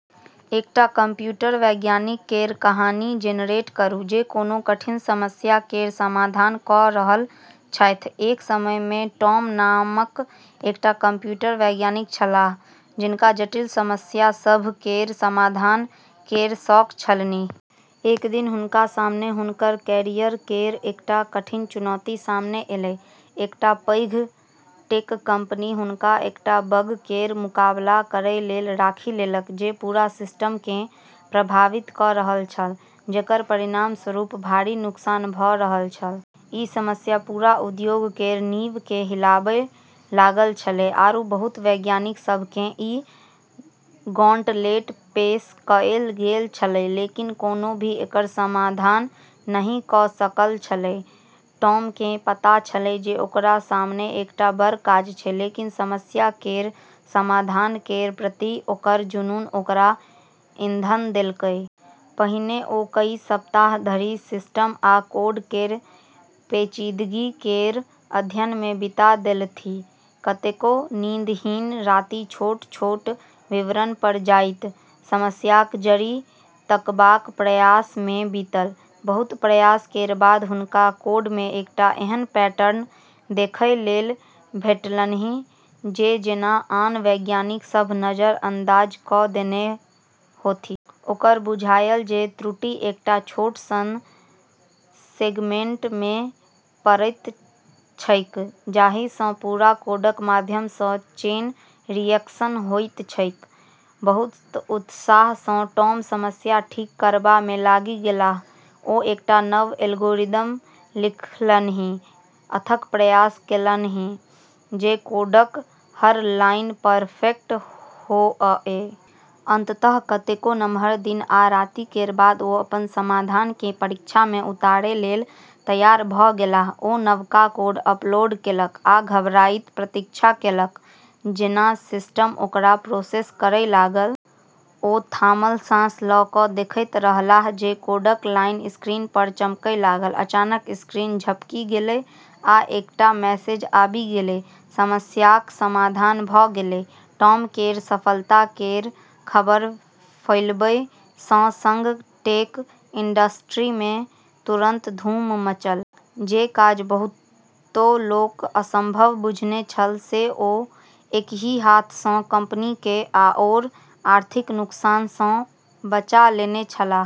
एकटा कंप्यूटर वैज्ञानिक केर कहानी जेनरेट करू जे कोनो कठिन समस्या केर समाधान कऽ रहल छैथ। एक समय मे टॉम नामक एकटा कंप्यूटर वैज्ञानिक छलाह, जिनका जटिल समस्या सभ केर समाधान केर शौक छलन्हि। एक दिन हुनका सामने हुनकर कैरियर केर एकटा कठिन चुनौती सामने एलै। एकटा पैघ टेक कंपनी हुनका एकटा बग केर मुकाबला करै लेल राखि लेलक जे पूरा सिस्टम केँ प्रभावित कऽ रहल छल, जेकर परिणामस्वरूप भारी नुकसान भऽ रहल छल। ई समस्या पूरा उद्योग केर नींव केँ हिलाबै लागल छलै, आरू बहुत वैज्ञानिक सभ केँ ई गॉन्टलेट पेश कएल गेल छलै लेकिन कोनो भी एकर समाधान नहि कऽ सकल छलै। टॉम केँ पता छलै जे ओकरा सामने एकटा बड़ काज छै, लेकिन समस्या केर समाधान केर प्रति ओकर जुनून ओकरा ईंधन देलकै। पहिने ओ कई सप्ताह धरि सिस्टम आ कोड केर पेचीदगी केर अध्ययन मे बिता देलथि। कतेको नींदहीन राति छोट-छोट विवरण पर जाइत, समस्याक जड़ि तकबाक प्रयास मे बीतल। बहुत प्रयास केर बाद हुनका कोड मे एकटा एहन पैटर्न देखै लेल भेटलन्हि जे जेना आन वैज्ञानिक सभ नजरअंदाज कऽ देने होथि। ओकरा बुझायल जे त्रुटि एकटा छोट सन सेगमेंट मे पड़ैत छैक, जाहि सँ पूरा कोडक माध्यम सँ चेन रिएक्शन होइत छैक। बहुत उत्साह सँ टॉम समस्या ठीक करबा मे लागि गेलाह। ओ एकटा नव एल्गोरिदम लिखलन्हि, अथक प्रयास केलन्हि जे कोडक हर लाइन परफेक्ट होअए। अंततः कतेको नमहर दिन आ राति केर बाद ओ अपन समाधान केँ परीक्षा मे उतारै लेल तैयार भऽ गेलाह। ओ नवका कोड अपलोड केलक आ घबराइत प्रतीक्षा केलक जेना सिस्टम ओकरा प्रोसेस करै लागल। ओ थामल साँस लऽ कऽ देखैत रहलाह जे कोडक लाइन स्क्रीन पर चमकै लागल। अचानक स्क्रीन झपकि गेलै आ एकटा मैसेज आबि गेलै समस्याक समाधान भऽ गेलै! टॉम केर सफलता केर खबर फैलबै सँ संग टेक इंडस्ट्री मे तुरंत धूम मचल। जे काज बहुतो लोक असंभव बुझने छल से ओ एकहि हाथ सँ कंपनी केँ आओर आर्थिक नुकसान सँ बचा लेने छलाह।